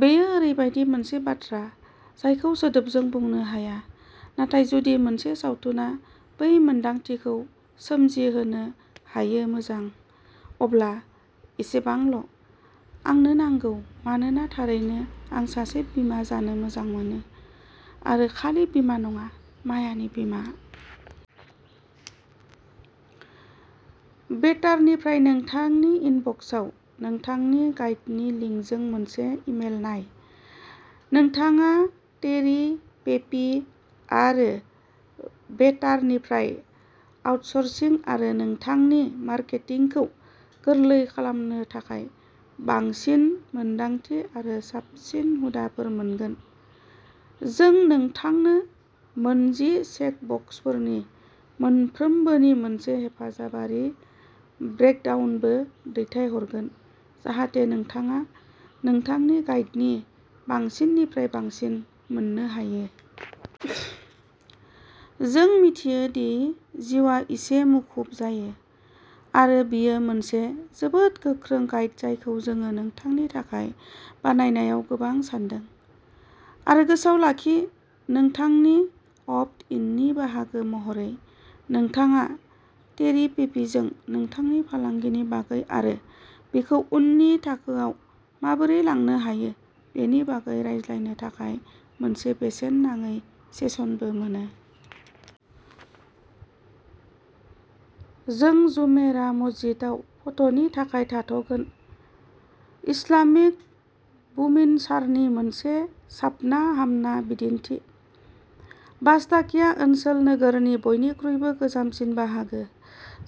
बेयो ओरैबायदि मोनसे बाथ्रा जायखौ सोदोबजों बुंनो हाया। नाथाय जुदि मोनसे सावथुना बै मोनदांथिखौ सोमजिहोनो हायोमोजां, अब्ला एसेबांल'। आंनो नांगौ। मानोना, थारैनो, आं सासे बिमा जानो मोजां मोनो। आरो खालि बिमा नङाः मायानि बिमा। बेटार निफ्राय नोंथांनि इनबक्सआव नोंथांनि गाइडनि लिंकजों मोनसे इमेल नाय। नोंथाङा टेरि पेपि आरो बेटार निफ्राय आउटसर्सिं आरो नोंथांनि मार्केटिंखौ गोरलै खालामनो थाखाय बांसिन मोनदांथि आरो साबसिन हुदाफोर मोनगोन। जों नोंथांनो मोनजि चेकबक्सफोरनि मोनफ्रोमबोनि मोनसे हेफाजाबारि ब्रेकडाउनबो दैथायहरगोन जाहाथे नोंथाङा नोंथांनि गाइदनि बांसिननिफ्राय बांसिन मोननो हायो। जों मिथियो दि जिउआ एसे मुखुब जायो, आरो बेयो मोनसे जोबोद गोख्रों गाइड जायखौ जों नोंथांनि थाखाय बानायनायाव गोबां सानदों। आरो गोसोआव लाखि, नोंथांनि अप्ट-इननि बाहागो महरै, नोंथाङा टेरि पेपिजों नोंथांनि फालांगिनि बागै आरो बेखौ उननि थाखोआव माबोरै लांनो हायो बेनि बागै रायज्लायनो थाखाय मोनसे बेसेन नाङै सेसनबो मोनो। जों जुमेराह मस्जिदाव फट'नि थाखाय थाथ'गोन-इस्लामिक बुमिनसारनि मोनसे साबना हामना बिदिन्थि, बास्ताकिया ओनसोल-नोगोरनि बयनिख्रुइबो गोजामसिन बाहागो,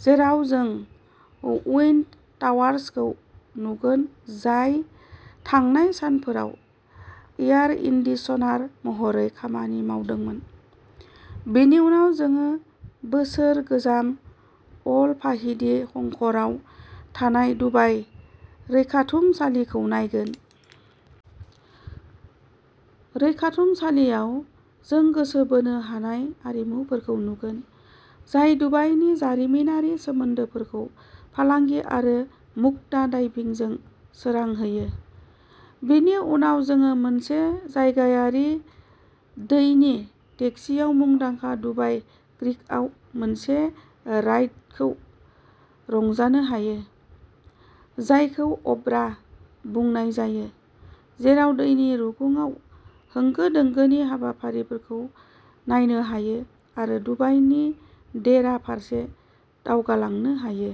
जेराव जों उइन्ड टावार्सखौ नुगोन जाय थांनाय सानफोराव एयार-कन्डिसनार महरै खामानि मावदोंमोन। बेनि उनाव जों बोसोर गोजाम अल फाहिदी खरंआव थानाय दुबाइ रैखाथुमसालिखौ नायगोन। रैखाथुमसालियाव, जों गोसो बोनो हानाय आरिमुफोरखौ नुगोन, जाय दुबाइनि जारिमिनारि सोमोन्दोफोरखौ फालांगि आरो मुक्ता डाइभिंजों सोरां होयो। बेनि उनाव जों मोनसे जायगायारि दैनि टेक्सिआव मुंदांखा दुबाइ क्रीकआव मोनसे राइडखौ रंजानो हायो, जायखौ "अब्रा" बुंनाय जायो, जेराव दैनि रुगुंआव होंगो दोंगोनि हाबाफारिफोरखौ नायनो हायो आरो दुबाइनि देइरा फारसे दावगालांनो हायो।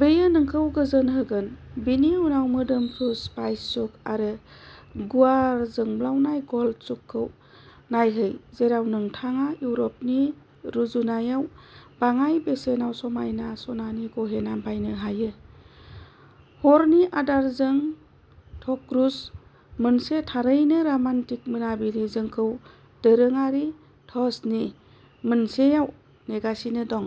बेयो नोंखौ गोजोन होगोन। बेनि उनाव मोदोमफ्रु स्पाइस सुक आरो गुवार जोंख्लाबनाय गल्ड सुकखौ नायहै जेराव नोंथाङा इउरपनि रुजुनायाव बाङाय बेसेनाव समायना सनानि गहेना बायनो हायो। हरनि आदारजों ध'क्रुज-मोनसे थारैनो रमान्टिक मोनाबिलि जोंखौ दोरोङारि ध'स नि मोनसेयाव नेगासिनो दं।